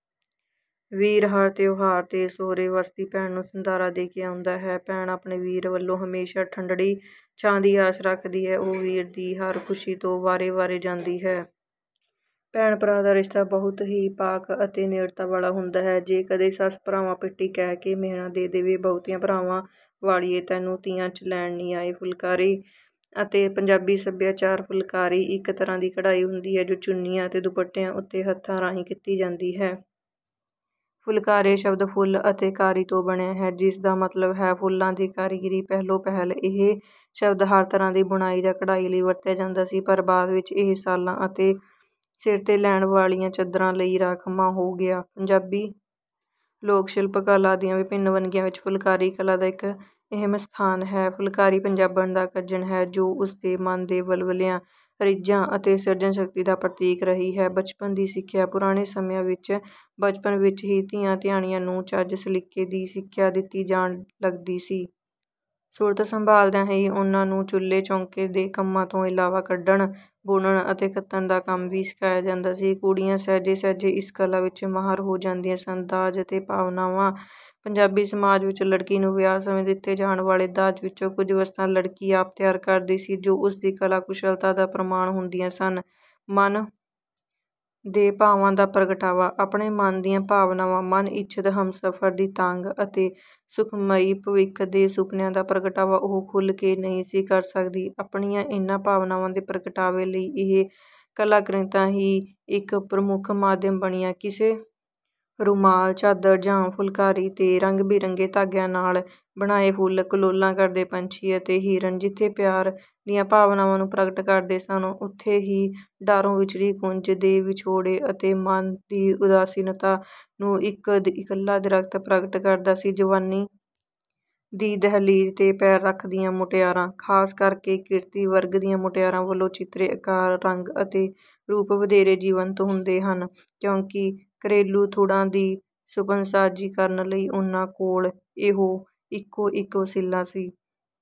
ਵੀਰ ਹਰ ਤਿਉਹਾਰ 'ਤੇ ਸੋਹਰੇ ਵੱਸਦੀ ਭੈਣ ਨੂੰ ਸੰਧਾਰਾ ਦੇ ਕੇ ਆਉਂਦਾ ਹੈ। ਭੈਣ ਆਪਣੇ ਵੀਰ ਵੱਲੋਂ ਹਮੇਸ਼ਾ ਠੰਢੜੀ ਛਾਂ ਦੀ ਆਸ ਰੱਖਦੀ ਹੈ। ਉਹ ਵੀਰ ਦੀ ਹਰ ਖ਼ੁਸ਼ੀ ਤੋਂ ਵਾਰੇ-ਵਾਰੇ ਜਾਂਦੀ ਹੈ। ਭੈਣ-ਭਰਾ ਦਾ ਰਿਸ਼ਤਾ ਬਹੁਤ ਹੀ ਪਾਕ ਅਤੇ ਨੇੜਤਾ ਵਾਲਾ ਹੁੰਦਾ ਹੈ। ਜੇ ਕਦੇ ਸੱਸ 'ਭਰਾਵਾਂ ਪਿੱਟੀ' ਕਹਿ ਕੇ ਮਿਹਣਾ ਦੇ ਦੇਵੇ:"ਬਹੁਤਿਆਂ ਭਰਾਵਾਂ ਵਾਲੀਏ, ਤੈਨੂੰ ਤੀਆਂ 'ਚ ਲੈਣ ਨੀ ਆਏ।"ਫੁਲਕਾਰੀ ਅਤੇ ਪੰਜਾਬੀ ਸੱਭਿਆਚਾਰ ਫੁਲਕਾਰੀ ਇੱਕ ਤਰ੍ਹਾਂ ਦੀ ਕਢਾਈ ਹੁੰਦੀ ਹੈ, ਜੋ ਚੁੰਨੀਆਂ ਅਤੇ ਦੁਪੱਟਿਆਂ ਉੱਤੇ ਹੱਥਾਂ ਰਾਹੀਂ ਕੀਤੀ ਜਾਂਦੀ ਹੈ। ਫੁਲਕਾਰੀ ਸ਼ਬਦ 'ਫੁੱਲ' ਅਤੇ 'ਕਾਰੀ' ਤੋਂ ਬਣਿਆ ਹੈ, ਜਿਸ ਦਾ ਮਤਲਬ ਹੈ ਫੁੱਲਾਂ ਦੀ ਕਾਰੀਗਰੀ। ਪਹਿਲੋਂ-ਪਹਿਲ ਇਹ ਸ਼ਬਦ ਹਰ ਤਰ੍ਹਾਂ ਦੀ ਬੁਣਾਈ ਜਾਂ ਕਢਾਈ ਲਈ ਵਰਤਿਆ ਜਾਂਦਾ ਸੀ, ਪਰ ਬਾਅਦ ਵਿੱਚ ਇਹ ਸ਼ਾਲਾਂ ਅਤੇ ਸਿਰ 'ਤੇ ਲੈਣ ਵਾਲੀਆਂ ਚਾਦਰਾਂ ਲਈ ਰਾਖਵਾਂ ਹੋ ਗਿਆ। ਪੰਜਾਬੀ ਲੋਕ-ਸ਼ਿਲਪ ਕਲਾ ਦੀਆਂ ਵਿਭਿੰਨ ਵੰਨਗੀਆਂ ਵਿੱਚ ਫੁਲਕਾਰੀ ਕਲਾ ਦਾ ਇੱਕ ਅਹਿਮ ਸਥਾਨ ਹੈ। ਫੁਲਕਾਰੀ ਪੰਜਾਬਣ ਦਾ ਕੱਜਣ ਹੈ, ਜੋ ਉਸ ਦੇ ਮਨ ਦੇ ਵਲਵਲਿਆਂ, ਰੀਝਾਂ ਅਤੇ ਸਿਰਜਣ-ਸ਼ਕਤੀ ਦਾ ਪ੍ਰਤੀਕ ਰਹੀ ਹੈ। ਬਚਪਨ ਦੀ ਸਿੱਖਿਆ: ਪੁਰਾਣੇ ਸਮਿਆਂ ਵਿੱਚ ਬਚਪਨ ਵਿੱਚ ਹੀ ਧੀਆਂ-ਧਿਆਣੀਆਂ ਨੂੰ ਚੱਜ-ਸਲੀਕੇ ਦੀ ਸਿੱਖਿਆ ਦਿੱਤੀ ਜਾਣ ਲੱਗਦੀ ਸੀ। ਸੁਰਤ ਸੰਭਾਲਦਿਆਂ ਹੀ ਉਨ੍ਹਾਂ ਨੂੰ ਚੁੱਲ੍ਹੇ-ਚੌਂਕੇ ਦੇ ਕੰਮਾਂ ਤੋਂ ਇਲਾਵਾ ਕੱਢਣ, ਬੁਣਨ ਅਤੇ ਕੱਤਣ ਦਾ ਕੰਮ ਵੀ ਸਿਖਾਇਆ ਜਾਂਦਾ ਸੀ। ਕੁੜੀਆਂ ਸਹਿਜੇ-ਸਹਿਜੇ ਇਸ ਕਲਾ ਵਿੱਚ ਮਾਹਰ ਹੋ ਜਾਂਦੀਆਂ ਸਨ। ਦਾਜ ਅਤੇ ਭਾਵਨਾਵਾਂ: ਪੰਜਾਬੀ ਸਮਾਜ ਵਿੱਚ ਲੜਕੀ ਨੂੰ ਵਿਆਹ ਸਮੇਂ ਦਿੱਤੇ ਜਾਣ ਵਾਲੇ ਦਾਜ ਵਿੱਚੋਂ ਕੁਝ ਵਸਤਾਂ ਲੜਕੀ ਆਪ ਤਿਆਰ ਕਰਦੀ ਸੀ, ਜੋ ਉਸ ਦੀ ਕਲਾ-ਕੁਸ਼ਲਤਾ ਦਾ ਪ੍ਰਮਾਣ ਹੁੰਦੀਆਂ ਸਨ। ਮਨ ਦੇ ਭਾਵਾਂ ਦਾ ਪ੍ਰਗਟਾਵਾ: ਆਪਣੇ ਮਨ ਦੀਆਂ ਭਾਵਨਾਵਾਂ, ਮਨ-ਇੱਛਤ ਹਮਸਫ਼ਰ ਦੀ ਤਾਂਘ ਅਤੇ ਸੁਖਮਈ ਭਵਿੱਖ ਦੇ ਸੁਪਨਿਆਂ ਦਾ ਪ੍ਰਗਟਾਵਾ ਉਹ ਖੁੱਲ੍ਹ ਕੇ ਨਹੀਂ ਸੀ ਕਰ ਸਕਦੀ। ਆਪਣੀਆਂ ਇਹਨਾਂ ਭਾਵਨਾਵਾਂ ਦੇ ਪ੍ਰਗਟਾਵੇ ਲਈ ਇਹ ਕਲਾ-ਕ੍ਰਿਤਾਂ ਹੀ ਇੱਕ ਪ੍ਰਮੁੱਖ ਮਾਧਿਅਮ ਬਣੀਆਂ। ਕਿਸੇ ਰੁਮਾਲ, ਚਾਦਰ ਜਾਂ ਫੁਲਕਾਰੀ 'ਤੇ ਰੰਗ-ਬਿਰੰਗੇ ਧਾਗਿਆਂ ਨਾਲ ਬਣਾਏ ਫੁੱਲ, ਕਲੋਲਾਂ ਕਰਦੇ ਪੰਛੀ ਅਤੇ ਹਿਰਨ ਜਿੱਥੇ ਪਿਆਰ ਦੀਆਂ ਭਾਵਨਾਵਾਂ ਨੂੰ ਪ੍ਰਗਟ ਕਰਦੇ ਸਨ, ਉੱਥੇ ਹੀ ਡਾਰੋਂ ਵਿਛੜੀ ਕੂੰਜ ਦੇ ਵਿਛੋੜੇ ਅਤੇ ਮਨ ਦੀ ਉਦਾਸੀਨਤਾ ਨੂੰ ਇੱਕ ਇਕੱਲਾ ਦਰੱਖਤ ਪ੍ਰਗਟ ਕਰਦਾ ਸੀ। ਜਵਾਨੀ ਦੀ ਦਹਿਲੀਜ਼ 'ਤੇ ਪੈਰ ਰੱਖਦੀਆਂ ਮੁਟਿਆਰਾਂ—ਖਾਸ ਕਰਕੇ ਕਿਰਤੀ ਵਰਗ ਦੀਆਂ ਮੁਟਿਆਰਾਂ ਵੱਲੋਂ ਚਿੱਤਰੇ ਆਕਾਰ, ਰੰਗ ਅਤੇ ਰੂਪ ਵਧੇਰੇ ਜੀਵੰਤ ਹੁੰਦੇ ਹਨ, ਕਿਉਂਕਿ ਘਰੇਲੂ ਥੁੜ੍ਹਾਂ ਦੀ ਸੁਪਨਸਾਜ਼ੀ ਕਰਨ ਲਈ ਉਨ੍ਹਾਂ ਕੋਲ ਇਹੋ ਇੱਕੋ-ਇੱਕ ਵਸੀਲਾ ਸੀ।